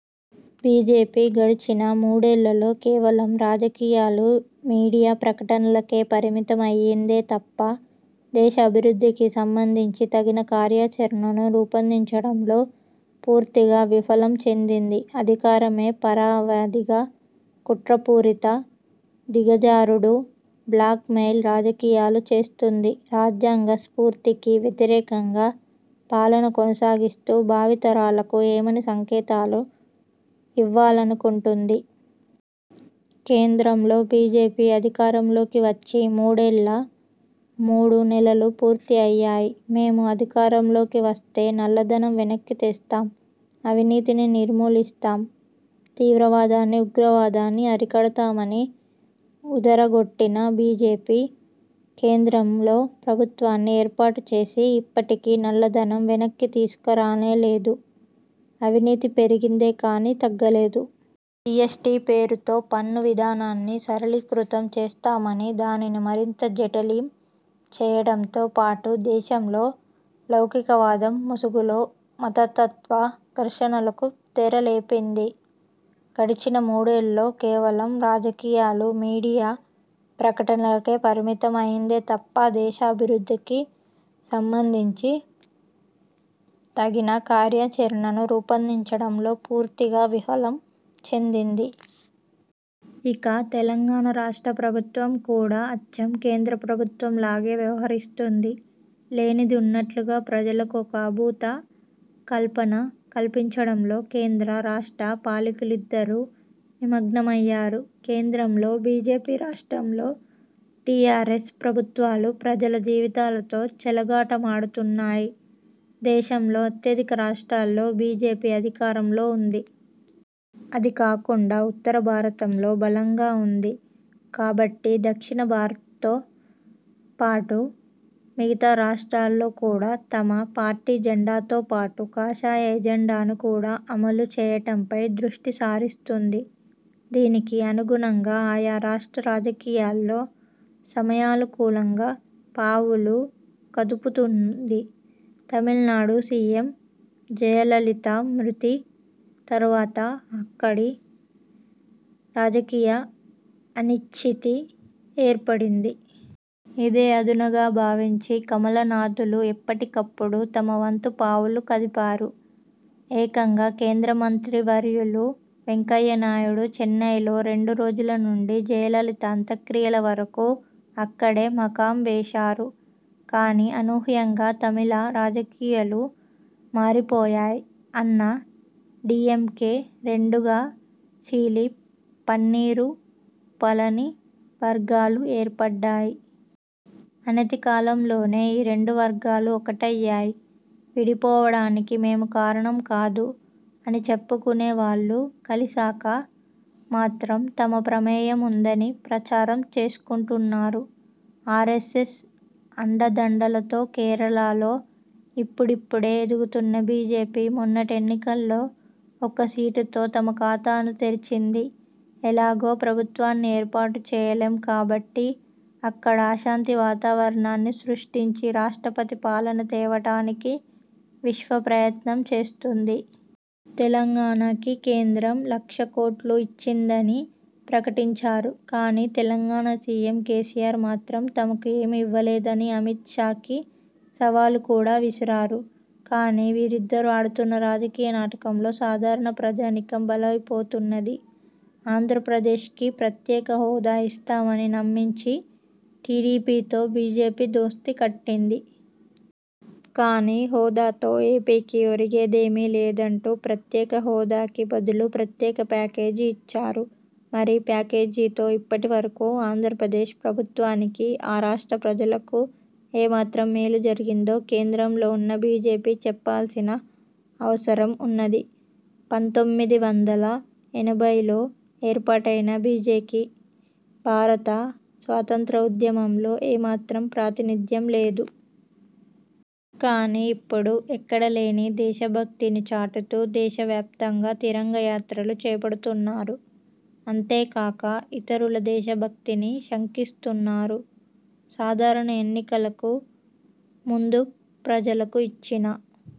BJP గడిచిన మూడేళ్ళలో కేవలం రాజకీయాలు, మీడియా ప్రకటనలకే పరిమితం అయ్యిందే తప్పా, దేశ అభివృద్ధికి సంబంధించి తగిన కార్యాచరణను రూపొందించడంలో పూర్తిగా విఫలం చెందింది. అధికారమే పరమావధిగా కుట్రపూరిత, దిగజారుడు, బ్లాక్ మెయిల్ రాజకీయాలు చేస్తోంది. రాజ్యాంగ స్ఫూర్తికి వ్యతిరేకంగా పాలన కొనసాగిస్తూ భావి తరాలకు ఏమని సంకేతాలకు ఇవ్వాలనుకుంటుంది? కేంద్రంలో బీజేపీ అధికారంలోకి వచ్చి మూడేళ్ల మూడు నెలలు పూర్తి అయ్యాయి. 'మేం అధికారంలోకి వస్తే నల్లధనం వెనక్కి తెస్తాం, అవినీతిని నిర్మూలిస్తాం, తీవ్రవాదాన్ని, ఉగ్రవాదాన్ని అరికడతా'మని ఉదరగొట్టిన బీజేపీ, కేంద్రంలో ప్రభుత్వాన్ని ఏర్పాటుచేసి ఇప్పటికీ నల్లధనం వెనక్కి తీసుకురాలేదు. అవినీతి పెరిగిందే కానీ తగ్గలేదు. జీఎస్టీ పేరుతో పన్ను విధానాన్ని సరళీకృతం చేస్తామని దానిని మరింత జఠిలం చేయడంతో పాటు దేశంలో లౌకికవాదం ముసుగులో మతతత్వ ఘర్షణలకు తెరలేపింది. గడిచిన మూడేళ్ళలో కేవలం రాజకీయాలు, మీడియా ప్రకటనలకే పరిమితం అయ్యిందే తప్పా, దేశ అభివృద్ధికి సంబంధించి తగిన కార్యాచరణను రూపొందించడంలో పూర్తిగా విఫలం చెందింది. ఇక తెలంగాణ రాష్ట్ర ప్రభుత్వం కూడా అచ్చం కేంద్ర ప్రభుత్వం లాగే వ్యవహరిస్తుంది. లేనిది ఉన్నట్లుగా ప్రజలకు ఒక అభూత కల్పన కల్పించడంలో కేంద్ర, రాష్ట్ర పాలకులిద్దరూ నిమగ్నమయ్యారు. కేంద్రంలో బీజేపీ, రాష్ట్రంలో టీఆర్ఎస్ ప్రభుత్వాలు ప్రజల జీవితాలతో చెలగాటమాడుతున్నాయి. దేశంలో అత్యధిక రాష్ట్రాల్లో బీజేపీ అధికారంలో ఉంది. అదీ కాకుండా ఉత్తర భారతంలో బలంగా ఉంది. కాబట్టి దక్షిణ భారత్తో పాటు, మిగతా రాష్ట్రాల్లో కూడా తమ పార్టీ జెండాతో పాటు కాషాయ ఎజెండాను కూడా అమలు చేయటంపై దృష్టి సారిస్తుంది. దీనికి అనుగుణంగా ఆయా రాష్ట్ర రాజకీయాల్లో సమయానుకూలంగా పావులు కదుపుతోంది. తమిళనాడు సీఎం జయలలిత మృతి తర్వాత అక్కడి రాజకీయ అనిశ్చితి ఏర్పడింది. ఇదే అదునుగా భావించిన కమలనాథులు ఎప్పటికప్పుడు తమ వంతు పావులు కదిపారు. ఏకంగా కేంద్ర మంత్రివర్యులు వెంకయ్యనాయుడు చెన్నైలో రెండు రోజులు ఉండి జయలలిత అంత్యక్రియల వరకు అక్కడే మకాం వేశారు. కానీ అనూహ్యంగా తమిళ రాజకీయలు మారిపోయాయి. అన్నా డీఎంకే రెండుగా చీలి పన్నీరు, పళని వర్గాలు ఏర్పడ్డాయి. అనతికాలంలోనే ఈ రెండు వర్గాలు ఒక్కటయ్యాయి. విడిపోవడానికి మేము కారణం కాదు అని చెప్పుకునే వాళ్లు, కలిసాక మాత్రం తమ ప్రమేయం ఉందని ప్రచారం చేసుకుంటున్నారు. ఆర్ఎస్ఎస్ అండదండలతో కేరళలో ఇప్పుడిప్పుడే ఎదుగుతున్న బీజేపీ, మొన్నటి ఎన్నికల్లో ఒక్క సీటుతో తమ ఖాతాను తెరిచింది. ఎలాగో ప్రభుత్వాన్ని ఏర్పాటు చేయలేం కాబట్టి అక్కడ అశాంతి వాతావరణాన్ని సృష్టించి రాష్ట్రపతి పాలన తేవడానికి విశ్వ ప్రయత్నం చేస్తోంది. తెలంగాణకి కేంద్రం లక్ష కోట్లు ఇచ్చిందని ప్రకటించారు. కానీ తెలంగాణ సీఎం కేసీఆర్ మాత్రం తమకు ఏం ఇవ్వలేదని అమిత్ షాకి సవాల్ కూడా విసిరారు. కానీ వీరు ఇద్దరు ఆడుతున్న రాజకీయ నాటకంలో సాధారణ ప్రజానీకం బలైపోతున్నది. ఆంధ్రప్రదేశ్కి ప్రత్యేక హోదా ఇస్తామని నమ్మించి టీడీపీతో బీజేపీ దోస్తీ కట్టింది. కానీ హోదాతో ఏపీకి ఒరిగేదేమీ లేదంటూ ప్రత్యేక హోదాకి బదులు ప్రత్యేక ప్యాకేజీ ఇచ్చారు. మరి ప్యాకేజీతో ఇప్పటి వరకు ఆంధ్రప్రదేశ్ ప్రభుత్వానికి, ఆ రాష్ట్ర ప్రజలకు ఏమాత్రం మేలు జరిగిందో కేంద్రంలో ఉన్న బీజేపీ చెప్పాల్సిన అవుసరం ఉన్నది. పంతొమ్మిది వందల ఎనభైలో ఏర్పాటైన బీజేకి భారత స్వాతంత్ర్య ఉద్యమంలో ఏమాత్రం ప్రాతినిధ్యం లేదు. కానీ ఇప్పుడు ఎక్కడలేని దేశభక్తిని చాటుతూ దేశ వ్యాప్తంగా 'తిరంగ యాత్రలు' చేపడుతున్నారు. అంతేకాక ఇతరుల దేశభక్తిని శంకిస్తున్నారు. సాధారణ ఎన్నికలకు ముందు ప్రజలకు ఇచ్చిన